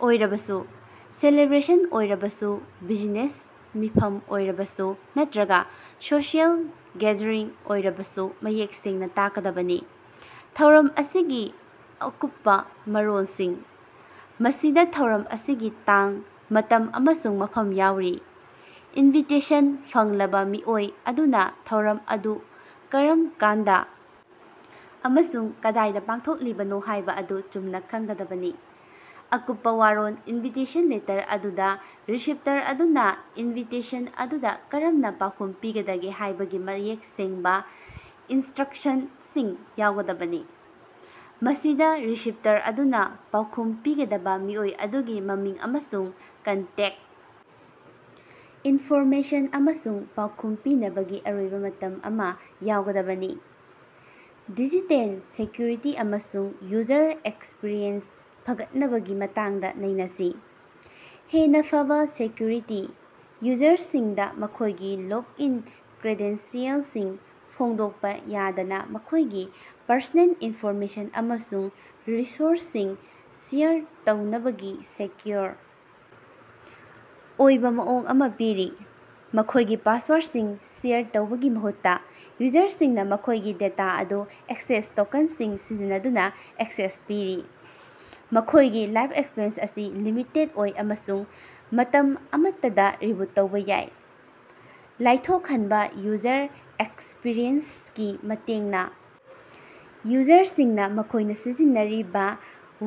ꯑꯣꯏꯔꯕꯁꯨ, ꯁꯦꯂꯦꯕ꯭ꯔꯦꯁꯟ ꯑꯣꯏꯔꯕꯁꯨ, ꯕꯤꯖꯤꯅꯦꯁ ꯃꯤꯐꯝ ꯑꯣꯏꯔꯕꯁꯨ ꯅꯠꯇ꯭ꯔꯒꯥ ꯁꯣꯁꯤꯑꯦꯜ ꯒꯦꯗꯔꯤꯡ ꯑꯣꯏꯔꯕꯁꯨ ꯃꯌꯦꯛ ꯁꯦꯡꯅꯥ ꯇꯥꯛꯀꯥꯗꯕꯅꯤ꯫ ꯊꯧꯔꯝ ꯑꯁꯤꯒꯤ ꯑꯀꯨꯞꯄꯥ ꯃꯔꯣꯜꯁꯤꯡ: ꯃꯁꯤꯗꯥ ꯊꯧꯔꯝ ꯑꯁꯤꯒꯤ ꯇꯥꯡ, ꯃꯇꯝ ꯑꯃꯁꯨꯡ ꯃꯐꯝ ꯌꯥꯎꯔꯤ꯫ ꯏꯟꯚꯤꯇꯦꯁꯟ ꯐꯪꯂꯕꯥ ꯃꯤꯑꯣꯏ ꯑꯗꯨꯅꯥ ꯊꯧꯔꯝ ꯑꯗꯨ ꯀꯔꯝ ꯀꯥꯟꯗꯥ ꯑꯃꯁꯨꯡ ꯀꯗꯥꯏꯗꯥ ꯄꯥꯡꯊꯣꯛꯂꯤꯕꯅꯣ ꯍꯥꯏꯕꯗꯨ ꯆꯨꯝꯅꯥ ꯈꯪꯒꯗꯕꯅꯤ꯫ ꯑꯀꯨꯞꯄꯥ ꯋꯔꯣꯜ ꯏꯟꯚꯤꯇꯦꯁꯟ ꯂꯦꯇꯔ ꯑꯗꯨꯗꯥ ꯔꯤꯁꯤꯞꯇꯔ ꯑꯗꯨꯅꯥ ꯏꯟꯚꯤꯇꯦꯁꯟ ꯑꯗꯨꯗꯥ ꯀꯔꯝꯅꯥ ꯄꯥꯎꯈꯨꯝ ꯄꯤꯒꯗꯒꯦ ꯍꯥꯏꯕꯒꯤ ꯃꯌꯦꯛ ꯁꯦꯡꯕꯥ ꯏꯟꯁꯇ꯭ꯔꯛꯁꯟꯁꯤꯡ ꯌꯥꯎꯒꯗꯕꯅꯤ꯫ ꯃꯁꯤꯗꯥ ꯔꯤꯁꯤꯞꯇꯔ ꯑꯗꯨꯅꯥ ꯄꯥꯎꯈꯨꯝ ꯄꯤꯒꯗꯕꯥ ꯃꯤꯑꯣꯏ ꯑꯗꯨꯒꯤ ꯃꯃꯤꯡ ꯑꯃꯁꯨꯡ ꯀꯟꯇꯦꯛ ꯏꯟꯐꯣꯔꯃꯦꯁꯟ ꯑꯃꯁꯨꯡ ꯄꯥꯎꯈꯨꯝ ꯄꯤꯅꯕꯒꯤ ꯑꯔꯣꯏꯕꯥ ꯃꯇꯝ ꯑꯃꯥ ꯌꯥꯎꯒꯗꯕꯅꯤ꯫ ꯗꯤꯖꯤꯇꯦꯜ ꯁꯦꯀ꯭ꯌꯨꯔꯤꯇꯤ ꯑꯃꯁꯨꯡ ꯌꯨꯖꯔ ꯑꯦꯛꯁꯄꯤꯔꯤꯑꯦꯟꯁ ꯐꯒꯠꯍꯟꯕꯒꯤ ꯃꯇꯥꯡꯗꯥ ꯅꯩꯅꯁꯤ꯫ ꯍꯦꯟꯅꯥ ꯐꯕꯥ ꯁꯦꯀ꯭ꯌꯨꯔꯤꯇꯤ: ꯌꯨꯖꯔꯁꯤꯡꯗꯥ ꯃꯈꯣꯏꯒꯤ ꯂꯣꯛꯏꯟ ꯀ꯭ꯔꯦꯗꯦꯟꯁꯤꯑꯦꯜꯁꯤꯡ ꯐꯣꯡꯗꯣꯛꯄꯥ ꯌꯥꯗꯅꯥ ꯃꯈꯣꯏꯒꯤ ꯄꯔꯁꯣꯅꯦꯜ ꯏꯟꯐꯣꯔꯃꯦꯁꯟ ꯑꯃꯁꯨꯡ ꯔꯤꯁꯣꯔꯁꯁꯤꯡ ꯁꯤꯌꯔ ꯇꯧꯅꯕꯒꯤ ꯁꯦꯀ꯭ꯌꯨꯑꯣꯔ ꯑꯣꯏꯕꯥ ꯃꯑꯣꯡ ꯑꯃꯥ ꯄꯤꯔꯤ꯫ ꯃꯈꯣꯏꯒꯤ ꯄꯥꯁꯋꯥꯔꯗꯁꯤꯡ ꯁꯤꯌꯔ ꯇꯧꯕꯒꯤ ꯃꯍꯨꯠꯇꯥ, ꯌꯨꯖꯔꯁꯤꯡꯅꯥ ꯃꯈꯣꯏꯒꯤ ꯗꯦꯇꯥ ꯑꯗꯨ ꯑꯦꯛꯁꯦꯁ ꯇꯣꯀꯟꯁꯤꯡ ꯁꯤꯖꯤꯟꯅꯗꯨꯅꯥ ꯑꯦꯛꯁꯦꯁ ꯄꯤꯔꯤ, ꯃꯈꯣꯏꯒꯤ ꯂꯥꯏꯞꯁ꯭ꯄꯦꯟ ꯑꯁꯤ ꯂꯤꯃꯤꯇꯦꯗ ꯑꯣꯏ ꯑꯃꯁꯨꯡ ꯃꯇꯝ ꯑꯃꯠꯇꯗꯥ ꯔꯤꯚꯨꯠ ꯇꯧꯕꯥ ꯌꯥꯏ꯫ ꯂꯥꯏꯊꯣꯛꯍꯟꯕꯥ ꯌꯨꯖꯔ ꯑꯦꯛꯁꯄꯤꯔꯤꯑꯦꯟꯁꯒꯤ ꯃꯇꯦꯡꯅꯥ ꯌꯨꯖꯔꯁꯤꯡꯅꯥ ꯃꯈꯣꯏꯅꯥ ꯁꯤꯖꯤꯟꯅꯔꯤꯕꯥ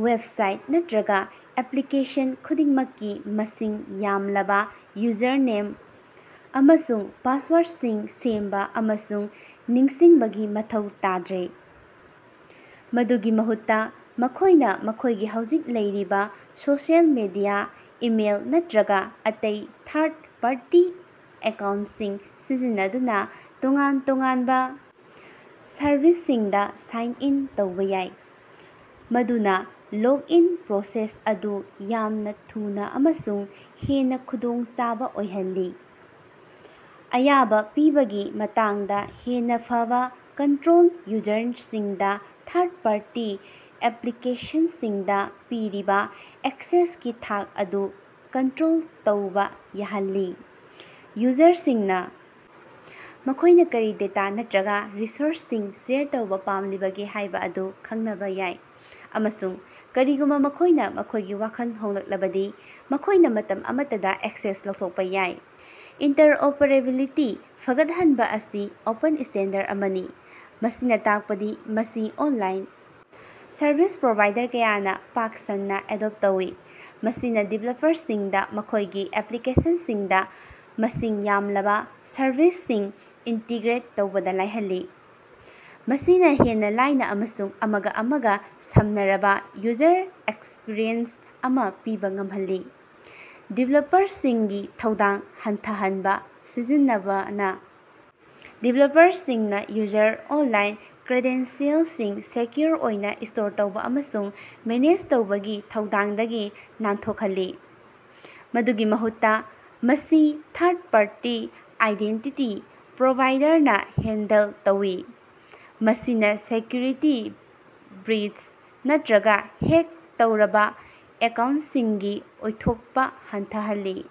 ꯋꯦꯞꯁꯥꯏꯠ ꯅꯠꯇ꯭ꯔꯒꯥ ꯑꯦꯄ꯭ꯂꯤꯀꯦꯁꯟ ꯈꯨꯗꯤꯡꯃꯛꯀꯤ ꯃꯁꯤꯡ ꯌꯥꯝꯂꯕꯥ ꯌꯨꯖꯔꯅꯦꯝ ꯑꯃꯁꯨꯡ ꯄꯥꯁꯋꯥꯔꯠꯁꯤꯡ ꯁꯦꯝꯕꯥ ꯑꯃꯁꯨꯡ ꯅꯤꯡꯁꯤꯡꯕꯒꯤ ꯃꯊꯧ ꯇꯥꯗ꯭ꯔꯦ꯫ ꯃꯗꯨꯒꯤ ꯃꯍꯨꯠꯇꯥ, ꯃꯈꯣꯏꯅꯥ ꯃꯈꯣꯏꯒꯤ ꯍꯧꯖꯤꯛ ꯂꯩꯔꯤꯕꯥ ꯁꯣꯁꯤꯑꯦꯜ ꯃꯦꯗꯤꯌꯥ, ꯏꯃꯦꯜ ꯅꯠꯇ꯭ꯔꯒꯥ ꯑꯇꯩ ꯊꯥꯔꯗ ꯄꯥꯔꯇꯤ ꯑꯦꯀꯥꯎꯟꯁꯤꯡ ꯁꯤꯖꯤꯟꯅꯗꯨꯅꯥ ꯇꯣꯉꯥꯟ-ꯇꯣꯉꯥꯟꯕꯥ ꯁꯔꯚꯤꯁꯁꯤꯡꯗꯥ ꯁꯥꯏꯟ ꯏꯟ ꯇꯧꯕꯥ ꯌꯥꯏ, ꯃꯗꯨꯅꯥ ꯂꯣꯛꯏꯟ ꯄ꯭ꯔꯣꯁꯦꯁ ꯑꯗꯨ ꯌꯥꯝꯅꯥ ꯊꯨꯅꯥ ꯑꯃꯁꯨꯡ ꯍꯦꯟꯅꯥ ꯈꯨꯗꯣꯡꯆꯥꯕꯥ ꯑꯣꯏꯍꯜꯂꯤ꯫ ꯑꯌꯥꯕꯥ ꯄꯤꯕꯒꯤ ꯃꯇꯥꯡꯗꯥ ꯍꯦꯟꯅꯥ ꯐꯕꯥ ꯀꯟꯇ꯭ꯔꯣꯜ: ꯌꯨꯖꯔꯁꯤꯡꯗꯥ ꯊꯥꯔꯗ ꯄꯥꯔꯇꯤ ꯑꯦꯄ꯭ꯂꯤꯀꯦꯁꯟꯁꯤꯡꯗꯥ ꯄꯤꯔꯤꯕꯥ ꯑꯦꯛꯁꯦꯁꯀꯤ ꯊꯥꯛ ꯑꯗꯨ ꯀꯟꯇ꯭ꯔꯣꯜ ꯇꯧꯕꯥ ꯌꯥꯍꯜꯂꯤ꯫ ꯌꯨꯖꯔꯁꯤꯡꯅꯥ ꯃꯈꯣꯏꯅꯥ ꯀꯔꯤ ꯗꯦꯇꯥ ꯅꯠꯇ꯭ꯔꯒꯥ ꯔꯤꯁꯣꯔꯁꯁꯤꯡ ꯁꯦꯌꯔ ꯇꯧꯕꯥ ꯄꯥꯝꯂꯤꯕꯒꯦ ꯍꯥꯏꯕꯗꯨ ꯈꯟꯕꯥ ꯌꯥꯏ ꯑꯃꯁꯨꯡ ꯀꯔꯤꯒꯨꯝꯕꯥ ꯃꯈꯣꯏꯅꯥ ꯃꯈꯣꯏꯒꯤ ꯋꯥꯈꯜ ꯍꯣꯡꯂꯛꯂꯕꯗꯤ ꯃꯈꯣꯏꯅꯥ ꯃꯇꯝ ꯑꯃꯠꯇꯗꯥ ꯑꯦꯛꯁꯦꯁ ꯂꯧꯊꯣꯛꯄꯥ ꯌꯥꯏ꯫ ꯏꯟꯇꯔꯑꯣꯄꯔꯦꯕꯤꯂꯤꯇꯤ ꯐꯒꯠꯍꯟꯕꯥ ꯑꯁꯤ ꯑꯣꯄꯟ ꯁ꯭ꯇꯦꯟꯗꯔ ꯑꯃꯅꯤ, ꯃꯁꯤꯅꯥ ꯇꯥꯛꯄꯗꯤ ꯃꯁꯤ ꯑꯣꯟꯂꯥꯏꯟ ꯁꯔꯚꯤꯁ ꯄ꯭ꯔꯣꯚꯥꯏꯗꯔ ꯀꯌꯥꯅꯥ ꯄꯥꯛ ꯁꯟꯅꯥ ꯑꯦꯗꯣꯞ ꯇꯧꯏ꯫ ꯃꯁꯤꯅꯥ ꯗꯤꯚ꯭ꯂꯞꯄꯔꯁꯤꯡꯗꯥ ꯃꯈꯣꯏꯒꯤ ꯑꯦꯄ꯭ꯂꯤꯀꯦꯁꯟꯁꯤꯡꯗꯥ ꯃꯁꯤꯡ ꯌꯥꯝꯂꯕꯥ ꯁꯔꯚꯤꯁꯁꯤꯡ ꯏꯟꯇꯤꯒ꯭ꯔꯦꯠ ꯇꯧꯕꯗꯥ ꯂꯥꯏꯍꯜꯂꯤ, ꯃꯁꯤꯅꯥ ꯍꯦꯟꯅꯥ ꯂꯥꯏꯅꯥ ꯑꯃꯁꯨꯡ ꯑꯃꯒꯥ ꯑꯃꯒꯥ ꯁꯝꯅꯔꯕꯥ ꯌꯨꯖꯔ ꯑꯦꯛꯁꯄꯤꯔꯤꯑꯦꯟꯁ ꯑꯃꯥ ꯄꯤꯕꯥ ꯉꯝꯍꯜꯂꯤ꯫ ꯗꯤꯚ꯭ꯂꯞꯄꯔꯁꯤꯡꯒꯤ ꯊꯧꯗꯥꯡ ꯍꯟꯊꯍꯟꯕꯥ ꯁꯤꯖꯤꯟꯅꯕꯅꯥ ꯗꯤꯚ꯭ꯂꯞꯄꯔꯁꯤꯡꯅꯥ ꯌꯨꯖꯔ ꯂꯣꯛꯏꯟ ꯀ꯭ꯔꯦꯗꯦꯟꯁꯤꯑꯦꯜꯁꯤꯡ ꯁꯦꯀ꯭ꯌꯨꯑꯣꯔ ꯑꯣꯏꯅꯥ ꯁ꯭ꯇꯣꯔ ꯇꯧꯕꯥ ꯑꯃꯁꯨꯡ ꯃꯦꯅꯦꯖ ꯇꯧꯕꯒꯤ ꯊꯧꯗꯥꯡꯗꯒꯤ ꯅꯥꯟꯊꯣꯛꯍꯜꯂꯤ꯫ ꯃꯗꯨꯒꯤ ꯃꯍꯨꯠꯇꯥ, ꯃꯁꯤ ꯊꯥꯔꯗ ꯄꯥꯔꯇꯤ ꯑꯥꯏꯗꯦꯟꯇꯤꯇꯤ ꯄ꯭ꯔꯣꯚꯥꯏꯗꯔꯅꯥ ꯍꯦꯟꯗꯜ ꯇꯧꯏ, ꯃꯁꯤꯅꯥ ꯁꯦꯀ꯭ꯌꯨꯔꯤꯇꯤ ꯕ꯭ꯔꯤꯆ ꯅꯠꯇ꯭ꯔꯒꯥ ꯍꯦꯛ ꯇꯧꯔꯕꯥ ꯑꯦꯀꯥꯎꯟꯁꯤꯡꯒꯤ ꯑꯣꯏꯊꯣꯛꯄꯥ ꯍꯟꯊꯍꯜꯂꯤ꯫